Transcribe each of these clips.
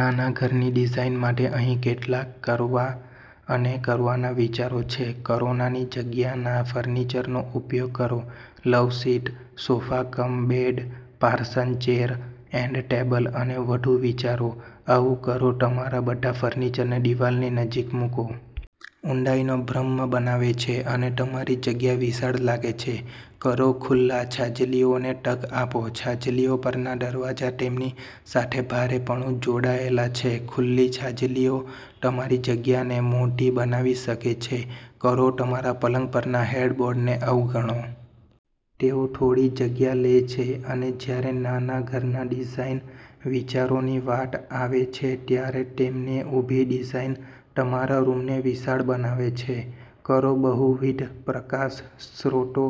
નાના ઘરની ડિઝાઇન માટે અહીં કેટલાક કરવા અનેકરવાનાં વિચારો છે. કરોનાની જગ્યાના ફર્નિચરનો ઉપયોગ કરો. Love seat, sofa cum bed, parson chair, and table અને વધુ વિચારો. આવુંકરોતમારા બધા ફર્નિચરને દિવાલની નજીક મૂકો. ઊંડાઈનો ભ્રમ બનાવે છે અને તમારી જગ્યા વિશાળ લાગે છે. કરોખુલ્લા છાજલીઓને તક આપો. છાજલીઓ પરના દરવાજા તેમની સાથે ભારેપણું જોડાયેલા છે. ખુલ્લી છાજલીઓ તમારી જગ્યાને મોટી બનાવી શકે છે. કરોતમારા પલંગ પરના હેડબોર્ડને અવગણો. તેઓ થોડી જગ્યા લે છે અને જ્યારે નાના ઘરના ડિઝાઇન વિચારોની વાત આવે છે ત્યારે તેમની ઊભી ડિઝાઇન તમારા રૂમને વિશાળ બનાવે છે. કરોબહુવિધ પ્રકાશ સ્ત્રોતો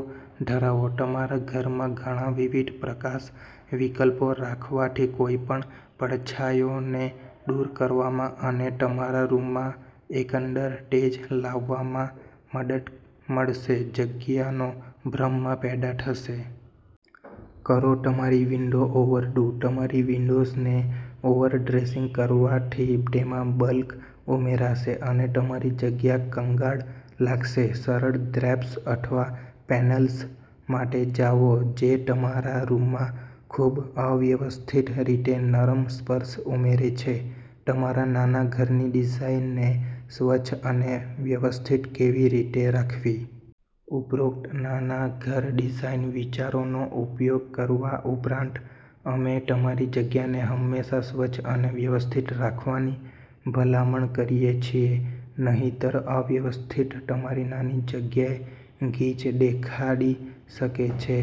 ધરાવો. તમારા ઘરમાં ઘણાં વિવિધ પ્રકાશ વિકલ્પો રાખવાથી કોઈપણ પડછાયાને દૂર કરવામાં અને તમારા રૂમમાં એકંદર તેજ લાવવામાં મદદ મળશે, જગ્યાનો ભ્રમ પેદા થશે. કરોતમારી વિન્ડો ઓવર ડૂ. તમારી વિન્ડોઝને ઓવર ડ્રેસિંગ કરવાથી તેમાં બલ્ક ઉમેરાશે અને તમારી જગ્યા કંગાળ લાગશે. સરળ ડ્રેપ્સ અથવા પેનલ્સ માટે જાઓ જે તમારા રૂમમાં ખૂબઅવ્યવસ્થિત રીતે નરમ સ્પર્શ ઉમેરે છે. તમારા નાના ઘરની ડિઝાઇનને સ્વચ્છ અને વ્યવસ્થિત કેવી રીતે રાખવી? ઉપરોક્ત નાના ઘર ડિઝાઇન વિચારોનો ઉપયોગ કરવા ઉપરાંત, અમે તમારી જગ્યાને હંમેશા સ્વચ્છ અને વ્યવસ્થિત રાખવાની ભલામણ કરીએ છીએ. નહિંતર, અવ્યવસ્થિત તમારી નાની જગ્યાને ગીચ દેખાડી શકે છે.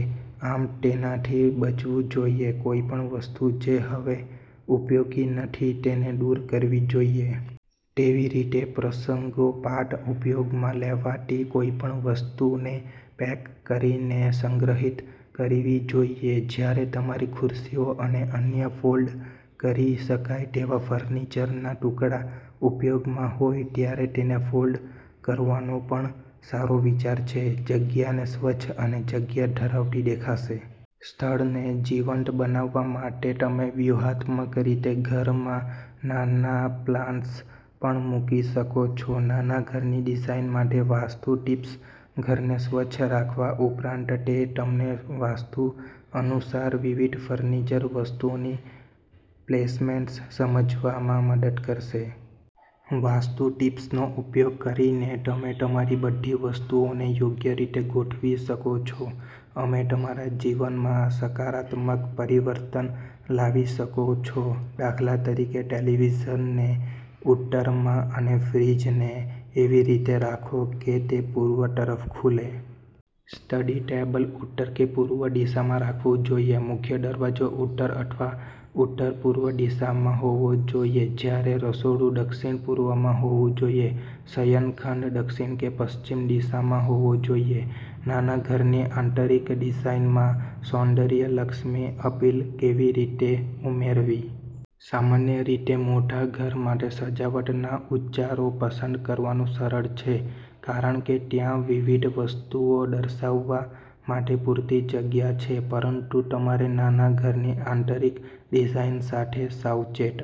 આમ, તેનાથી બચવું જોઈએ. કોઈપણ વસ્તુ જે હવે ઉપયોગી નથી તેને દૂર કરવી જોઈએ. તેવીરીતે, પ્રસંગોપાત ઉપયોગમાં લેવાતી કોઈપણ વસ્તુને પેક કરીને સંગ્રહિત કરવી જોઈએ. જ્યારે તમારી ખુરશીઓ અને અન્ય ફોલ્ડ કરી શકાય તેવા ફર્નિચરના ટુકડા ઉપયોગમાંહોય ત્યારે તેને ફોલ્ડ કરવાનો પણ સારો વિચાર છે. જગ્યાને સ્વચ્છ અને જગ્યા ધરાવતી દેખાશે. સ્થળને જીવંત બનાવવા માટે તમે વ્યૂહાત્મક રીતે ઘરમાં નાના પ્લાન્ટર્સ પણ મૂકી શકો છો. નાના ઘરની ડિઝાઇન માટે વાસ્તુ ટિપ્સ ઘરને સ્વચ્છ રાખવા ઉપરાંત, તે તમને વાસ્તુ અનુસાર વિવિધ ફર્નિચર વસ્તુઓની પ્લેસમેન્ટ સમજવામાં મદદ કરશે. વાસ્તુ ટીપ્સનો ઉપયોગ કરીને, તમે તમારી બધી વસ્તુઓને યોગ્ય રીતે ગોઠવી શકો છો અને તમારા જીવનમાં સકારાત્મક પરિવર્તન લાવી શકો છો. દાખલા તરીકે, ટેલિવિઝનને ઉત્તરમાં અને ફ્રીજને એવી રીતે રાખો કે તે પૂર્વ તરફ ખુલે. સ્ટડી ટેબલ ઉત્તર કે પૂર્વ દિશામાં રાખવું જોઈએ. મુખ્ય દરવાજો ઉત્તર અથવા ઉત્તર-પૂર્વ દિશામાં હોવો જોઈએ, જ્યારે રસોડું દક્ષિણ-પૂર્વમાં હોવું જોઈએ. શયનખંડ દક્ષિણ કે પશ્ચિમ દિશામાં હોવો જોઈએ. નાના ઘરની આંતરિક ડિઝાઇનમાં સૌંદર્યલક્ષી અપીલ કેવી રીતે ઉમેરવી? સામાન્ય રીતે, મોટા ઘર માટે સજાવટના ઉચ્ચારો પસંદ કરવાનું સરળ છે કારણ કે ત્યાં વિવિધ વસ્તુઓ દર્શાવવા માટે પૂરતી જગ્યા છે. પરંતુ તમારે નાના ઘરની આંતરિક ડિઝાઇન સાથે સાવચેત